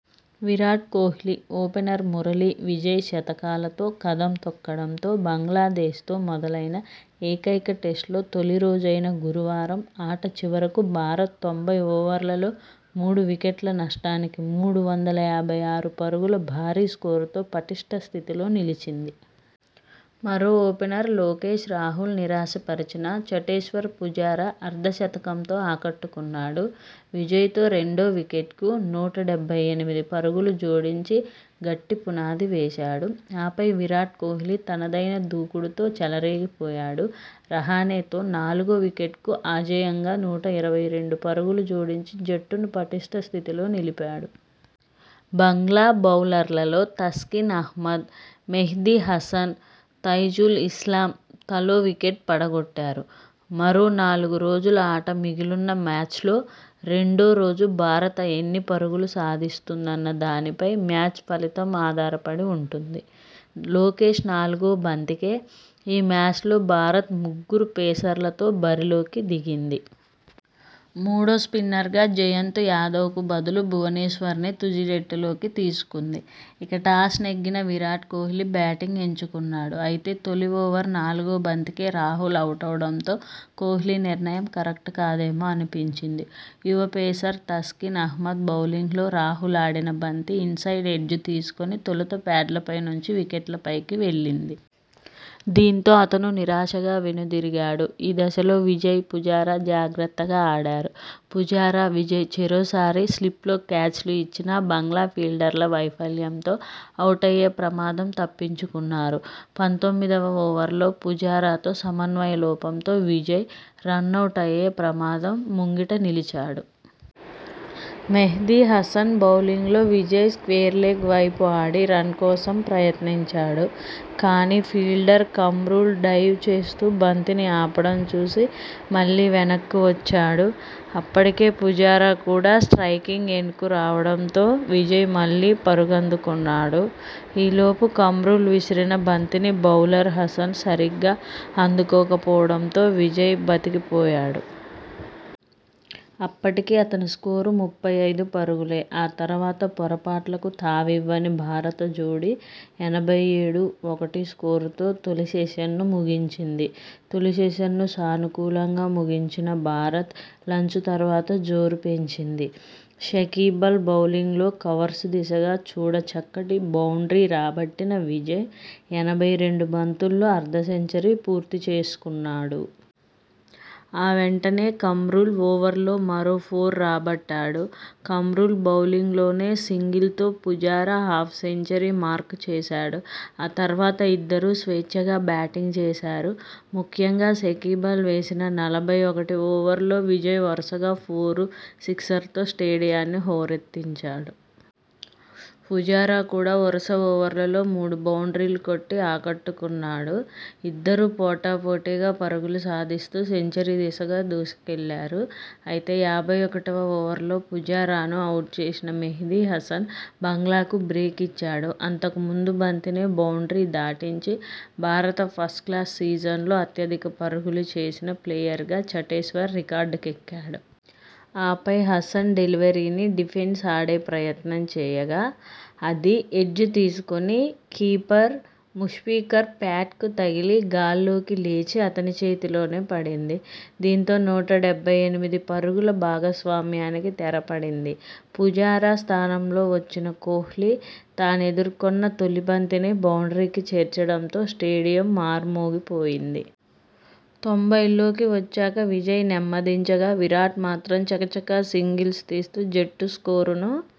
Virat Kohli, opener Murali Vijay శతకాలతో కదం తొక్కడంతో బంగ్లాదేశ్తో మొదలైన ఏకైక టెస్టులో తొలి రోజైన గురువారం ఆట చివరకు భారత్ తొంభై ఓవర్లలో మూడు వికెట్ల నష్టానికి మూడు వందల యాభై ఆరు పరుగుల భారీ స్కోరుతో పటిష్ట స్థితిలో నిలిచింది. మరో ఓపెనర్ లోకేశ్ రాహుల్ నిరాశ పరిచినా, చటేశ్వర్ పుజారా అర్ధ శతకంతో ఆకట్టుకున్నాడు. విజయ్తో రెండో వికెట్కు నూట డెబ్బై ఎనిమిది పరుగులు జోడించి గట్టి పునాది వేశాడు. ఆపై, విరాట్ కోహ్లీ తనదైన దూకుడుతో చెలరేగి పోయాడు. రహానె తో నాలుగో వికెట్కు అ జేయంగా నూట ఇరవై రెండు పరుగులు జోడించి జట్టును పటిష్ట స్థితిలో నిలిపాడు. బంగ్లా బౌలర్లలో తస్కిన్ అహ్మద్, మెహ్దీ హసన్, తైజుల్ ఇస్లాం తలో వికెట్ పడ గొట్టారు. మరో నాలుగు రోజుల ఆట మిగిలున్న మ్యాచ్లో రెండో రోజు భారత ఎన్ని పరుగులు సాధిస్తుందన్న దానిపై మ్యాచ్ ఫలితం ఆధారపడి ఉంటుంది! లోకేశ్ నాలుగో బంతికే.. ఈ మ్యాచ్లో భారత్ ముగ్గురు పేసర్లతో బరిలోకి దిగింది. మూడో స్పిన్నర్గా జయంత్ యాదవ్కు బదులు భువనేశ్వర్ను తుది జట్టులోకి తీసుకుంది. ఇక, టాస్ నెగ్గిన విరాట్ కోహ్లీ బ్యాటింగ్ ఎంచుకున్నాడు. అయితే తొలి ఓవర్ నాలుగో బంతికే రాహుల్ అవుటవడంతో కోహ్లీ నిర్ణయం కరెక్ట్ కాదేమో అనిపించింది! యువ పేసర్ తస్కిన్ అహ్మద్ బౌలింగ్లో రాహుల్ ఆడిన బంతి ఇన్సైడ్ ఎడ్జ్ తీసుకుని తొలుత ప్యాడ్లపై నుంచి వికెట్లపైకి వెళ్లింది. దీంతో, అతను నిరాశగా వెను దిరిగాడు. ఈ దశలో విజయ్, పుజారా జాగ్రత్తగా ఆడారు. పుజారా, విజయ్ చెరోసారి స్లిప్లో క్యాచ్లు ఇచ్చినా బంగ్లా ఫీల్డర్ల వైఫల్యంతో అవుటయ్యే ప్రమాదం తప్పించుకున్నారు. పంతొమ్మిదివ ఓవర్లో పుజారాతో సమన్వయ లోపంతో విజయ్ రనౌటయ్యే ప్రమాదం ముంగిట నిలిచాడు. మెహ్దీ హసన్ బౌలింగ్లో విజయ్ స్క్వేర్లెగ్ వైపు ఆడి రన్ కోసం ప్రయత్నించాడు. కానీ, ఫీల్డర్ కమ్రుల్ డైవ్ చేస్తూ బంతిని ఆపడం చూసి మళ్లీ వెనక్కి వచ్చాడు. అప్పటికే పుజారా కూడా స్ట్రయికింగ్ ఎండ్కు రావడంతో విజయ్ మళ్లీ పరుగందుకున్నాడు. ఈ లోపు కమ్రుల్ విసిరిన బంతిని బౌలర్ హసన్ సరిగ్గా అందుకోక పోవడంతో విజయ్ బతికి పోయాడు. అప్పటికి అతని స్కోరు ముప్పై ఐదు పరుగులే. ఆ తర్వాత పొరపాట్లకు తావివ్వని భారత జోడీ ఎనభై ఏడు ,ఒకటి స్కోరుతో తొలి సెషన్ను ముగించింది. తొలిసెషన్ను సానుకూలంగా ముగించిన భారత్ లంచ్ తర్వాత జోరు పెంచింది. షకీబల్ బౌలింగ్లో కవర్స్ దిశగా చూడ చక్కటి బౌండ్రీ రాబట్టిన విజయ్ ఎనభై రెండు బంతుల్లో అర్ధ సెంచరీ పూర్తి చేసుకున్నాడు. ఆ వెంటనే కమ్రుల్ ఓవర్లో మరో ఫోర్ రాబట్టాడు. కమ్రుల్ బౌలింగ్లోనే సింగిల్తో పుజారా హాఫ్ సెంచరీ మార్కు చేసాడు. ఆ తర్వాత ఇద్దరూ స్వేచ్ఛగా బ్యాటింగ్ చేశారు. ముఖ్యంగా షకీబల్ వేసిన నలభై ఒకటి ఓవర్లో విజయ్ వరుసగా ఫోర్, సిక్సర్తో స్టేడియాన్ని హోరెత్తించాడు. పుజారా కూడా వరుస ఓవర్లలో మూడు బౌండ్రీలు కొట్టి ఆకట్టు కున్నాడు. ఇద్దరూ పోటా పోటీగా పరుగులు సాధిస్తూ సెంచరీ దిశగా దూసుకెళ్లారు. అయితే యాభై ఒకటివ ఓవర్లో పుజారాను అవుట్ చేసిన మెహ్దీ హసన్ బంగ్లాకు బ్రేక్ ఇచ్చాడు. అంతకు ముందు బంతినే బౌండ్రీ దాటించి భారత ఫస్ట్క్లాస్ సీజన్లో అత్యధిక పరుగులు చేసిన ప్లేయర్గా చటేశ్వర్ రికార్డు కెక్కాడు. ఆపై, హసన్ డెలివరీని డిఫెన్స్ ఆడే ప్రయత్నం చేయగా అది ఎడ్జ్ తీసుకొని కీపర్ ముష్ఫికర్ ప్యాడ్కు తగిలి గాల్లోకి లేచి అతని చేతిలోనే పడింది. దీంతో నూట డెబ్బై ఎనిమిది పరుగుల భాగస్వామ్యానికి తెర పడింది. పుజారా స్థానంలో వచ్చిన కోహ్లీ తానెదుర్కొన్న తొలి బంతినే బౌండ్రీకి చేర్చడంతో స్టేడియం మార్మోగిపోయింది. తొంభైల్లోకి వచ్చాక విజయ్ నెమ్మదించగా, విరాట్ మాత్రం చకచకా సింగిల్స్ తీస్తూ జట్టు స్కోరును